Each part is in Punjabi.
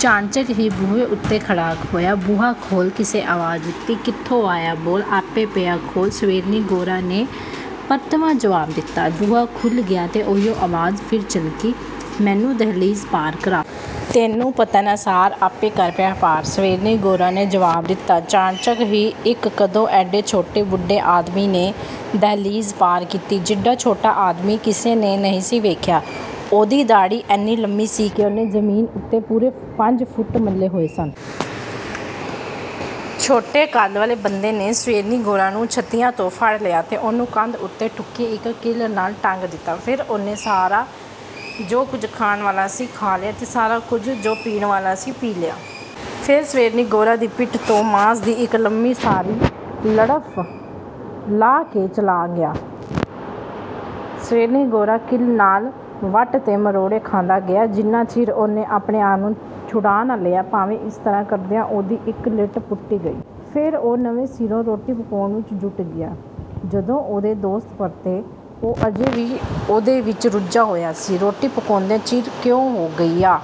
ਚਾਣਚੱਕ ਹੀ ਬੂਹੇ ਉੱਤੇ ਖੜਾਕ ਹੋਇਆ। “ਬੂਹਾ ਖੋਲ੍ਹ!” ਕਿਸੇ ਆਵਾਜ਼ ਦਿੱਤੀ। “ਕਿੱਥੋਂ ਆਇਆਂ? ਬੋਲ, ਆਪੇ ਪਿਆ ਖੋਲ੍ਹ!” ਸਵੇਰਨੀ-ਗੋਰਾ ਨੇ ਪਰਤਵਾਂ ਜਵਾਬ ਦਿੱਤਾ। ਬੂਹਾ ਖੁੱਲ੍ਹ ਗਿਆ ਤੇ ਉਹੀਓ ਆਵਾਜ਼ ਫਿਰ ਚਿਲਕੀ, “ਮੈਨੂੰ ਦਹਿਲੀਜ਼ ਪਾਰ ਕਰਾ!” “ਤੈਨੂੰ ਪਤਾ ਨਾ ਸਾਰ, ਆਪੇ ਕਰ ਪਿਆ ਪਾਰ!” ਸਵੇਰਨੀ-ਗੋਰਾ ਨੇ ਜਵਾਬ ਦਿੱਤਾ। ਚਾਣਚੱਕ ਹੀ ਇੱਕ ਕੱਦੋਂ ਐਡੇ ਛੋਟੇ ਬੁੱਢੇ ਆਦਮੀ ਨੇ ਦਹਿਲੀਜ਼ ਪਾਰ ਕੀਤੀ, ਜਿੱਡਾ ਛੋਟਾ ਆਦਮੀ ਕਿਸੇ ਨੇ ਨਹੀਂ ਸੀ ਵੇਖਿਆ। ਉਹਦੀ ਦਾੜ੍ਹੀ ਐਨੀ ਲੰਮੀ ਸੀ ਕਿ ਉਹਨੇ ਜ਼ਮੀਨ ਉੱਤੇ ਪੂਰੇ ਪੰਜ ਫੁੱਟ ਮੱਲੇ ਹੋਏ ਸਨ। ਛੋਟੇ ਕੱਦ ਵਾਲੇ ਬੰਦੇ ਨੇ ਸਵੇਰਨੀ-ਗੋਰਾ ਨੂੰ ਛੱਤੀਆਂ ਤੋਂ ਫੜ ਲਿਆ ਤੇ ਉਹਨੂੰ ਕੰਧ ਉੱਤੇ ਠੁਕੇ ਇੱਕ ਕਿੱਲ ਨਾਲ ਟੰਗ ਦਿੱਤਾ। ਫਿਰ ਉਹਨੇ ਸਾਰਾ ਜੋ ਕੁਝ ਖਾਣ ਵਾਲਾ ਸੀ, ਖਾ ਲਿਆ ਤੇ ਸਾਰਾ ਜੋ ਕੁਝ ਪੀਣ ਵਾਲਾ ਸੀ, ਪੀ ਲਿਆ। ਫਿਰ ਸਵੇਰਨੀ-ਗੋਰਾ ਦੀ ਪਿੱਠ ਤੋਂ ਮਾਸ ਦੀ ਇੱਕ ਲੰਮੀ ਸਾਰੀ ਲੜਫ਼ ਲਾਹ ਕੇ ਚਲਾ ਗਿਆ। ਸਵੇਰਨੀ-ਗੋਰਾ ਕਿੱਲ ਨਾਲ ਵੱਟ ਤੇ ਮਰੋੜੇ ਖਾਂਦਾ ਗਿਆ, ਜਿੰਨਾ ਚਿਰ ਉਹਨੇ ਆਪਣੇ ਆਪ ਨੂੰ ਛੁਡਾ ਨਾ ਲਿਆ, ਭਾਵੇਂ ਇਸ ਤਰ੍ਹਾਂ ਕਰਦਿਆਂ ਉਹਦੀ ਇੱਕ ਲਿੱਟ ਪੁੱਟੀ ਗਈ। ਫਿਰ ਉਹ ਨਵੇਂ ਸਿਰੋਂ ਰੋਟੀ ਪਕਾਉਣ ਵਿੱਚ ਜੁੱਟ ਗਿਆ। ਜਦੋਂ ਉਹਦੇ ਦੋਸਤ ਪਰਤੇ, ਉਹ ਅਜੇ ਵੀ ਉਹਦੇ ਵਿੱਚ ਰੁੱਝਾ ਹੋਇਆ ਸੀ। “ਰੋਟੀ ਪਕਾਉਂਦਿਆਂ ਚਿਰ ਕਿਉਂ ਹੋ ਗਈ ਆ?”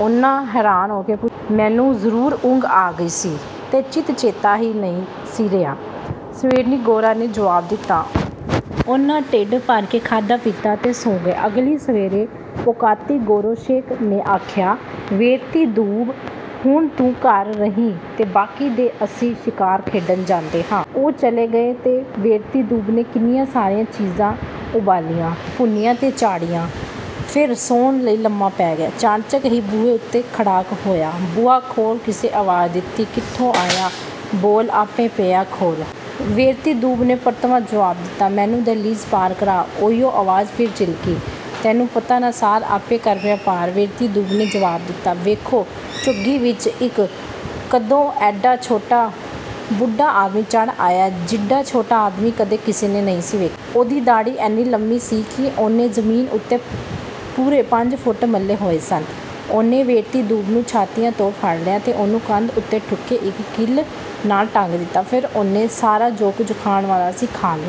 ਉਹਨਾਂ ਹੈਰਾਨ ਹੋ ਕੇ ਪੁੱਛਿਆ। “ਮੈਨੂੰ ਜ਼ਰੂਰ ਉਂਘ ਆ ਗਈ ਸੀ ਤੇ ਚਿੱਤ-ਚੇਤਾ ਹੀ ਨਹੀਂ ਸੀ ਰਿਹਾ,” ਸਵੇਰਨੀ-ਗੋਰਾ ਨੇ ਜਵਾਬ ਦਿੱਤਾ। ਉਹਨਾਂ ਢਿੱਡ ਭਰ ਕੇ ਖਾਧਾ-ਪੀਤਾ ਤੇ ਸੌਂ ਗਏ। ਅਗਲੀ ਸਵੇਰੇ ਪੋਕਾਤੀ-ਗੋਰੋਸ਼ੇਕ ਨੇ ਆਖਿਆ, “ਵੇਰਤੀ-ਦੂਬ, ਹੁਣ ਤੂੰ ਘਰ ਰਹੀਂ ਤੇ ਬਾਕੀ ਦੇ ਅਸੀਂ ਸ਼ਿਕਾਰ ਖੇਡਣ ਜਾਂਦੇ ਹਾਂ।” ਉਹ ਚਲੇ ਗਏ ਤੇ ਵੇਰਤੀ-ਦੂਬ ਨੇ ਕਿੰਨੀਆਂ ਸਾਰੀਆਂ ਚੀਜ਼ਾਂ ਉਬਾਲੀਆਂ, ਭੁੰਨੀਆਂ ਤੇ ਚਾੜ੍ਹੀਆਂ। ਫਿਰ ਸੌਣ ਲਈ ਲੰਮਾ ਪੈ ਗਿਆ। ਚਾਣਚੱਕ ਹੀ ਬੂਹੇ ਉੱਤੇ ਖੜਾਕ ਹੋਇਆ। “ਬੂਹਾ ਖੋਲ੍ਹ!” ਕਿਸੇ ਆਵਾਜ਼ ਦਿੱਤੀ। “ਕਿੱਥੋਂ ਆਇਆਂ? ਬੋਲ, ਆਪੇ ਪਿਆ ਖੋਲ੍ਹ!” ਵੇਰਤੀ-ਦੂਬ ਨੇ ਪਰਤਵਾਂ ਜਵਾਬ ਦਿੱਤਾ। “ਮੈਨੂੰ ਦਹਿਲੀਜ਼ ਪਾਰ ਕਰਾ!” ਉਹੀਓ ਆਵਾਜ਼ ਫਿਰ ਚਿਲਕੀ। “ਤੈਨੂੰ ਪਤਾ ਨਾ ਸਾਰ, ਆਪੇ ਕਰ ਪਿਆ ਪਾਰ!” ਵੇਰਤੀ-ਦੂਬ ਨੇ ਜਵਾਬ ਦਿੱਤਾ। ਵੇਖੋ! ਝੁੱਗੀ ਵਿੱਚ ਇੱਕ ਕੱਦੋਂ ਐਡਾ ਛੋਟਾ ਬੁੱਢਾ ਆਦਮੀ ਚੜ੍ਹ ਆਇਆ, ਜਿੱਡਾ ਛੋਟਾ ਆਦਮੀ ਕਦੇ ਕਿਸੇ ਨੇ ਨਹੀਂ ਸੀ ਵੇਖਿਆ। ਉਹਦੀ ਦਾੜ੍ਹੀ ਐਨੀ ਲੰਮੀ ਸੀ ਕਿ ਉਹਨੇ ਜ਼ਮੀਨ ਉੱਤੇ ਪੂਰੇ ਪੰਜ ਫੁੱਟ ਮੱਲੇ ਹੋਏ ਸਨ। ਉਹਨੇ ਵੇਰਤੀ-ਦੂਬ ਨੂੰ ਛਾਤੀਆਂ ਤੋਂ ਫੜ ਲਿਆ ਤੇ ਉਹਨੂੰ ਕੰਧ ਉੱਤੇ ਠੁਕੇ ਇੱਕ ਕਿੱਲ ਨਾਲ ਟੰਗ ਦਿੱਤਾ। ਫਿਰ ਉਹਨੇ ਸਾਰਾ ਜੋ ਕੁਝ ਖਾਣ ਵਾਲਾ ਸੀ, ਖਾ ਲਿਆ।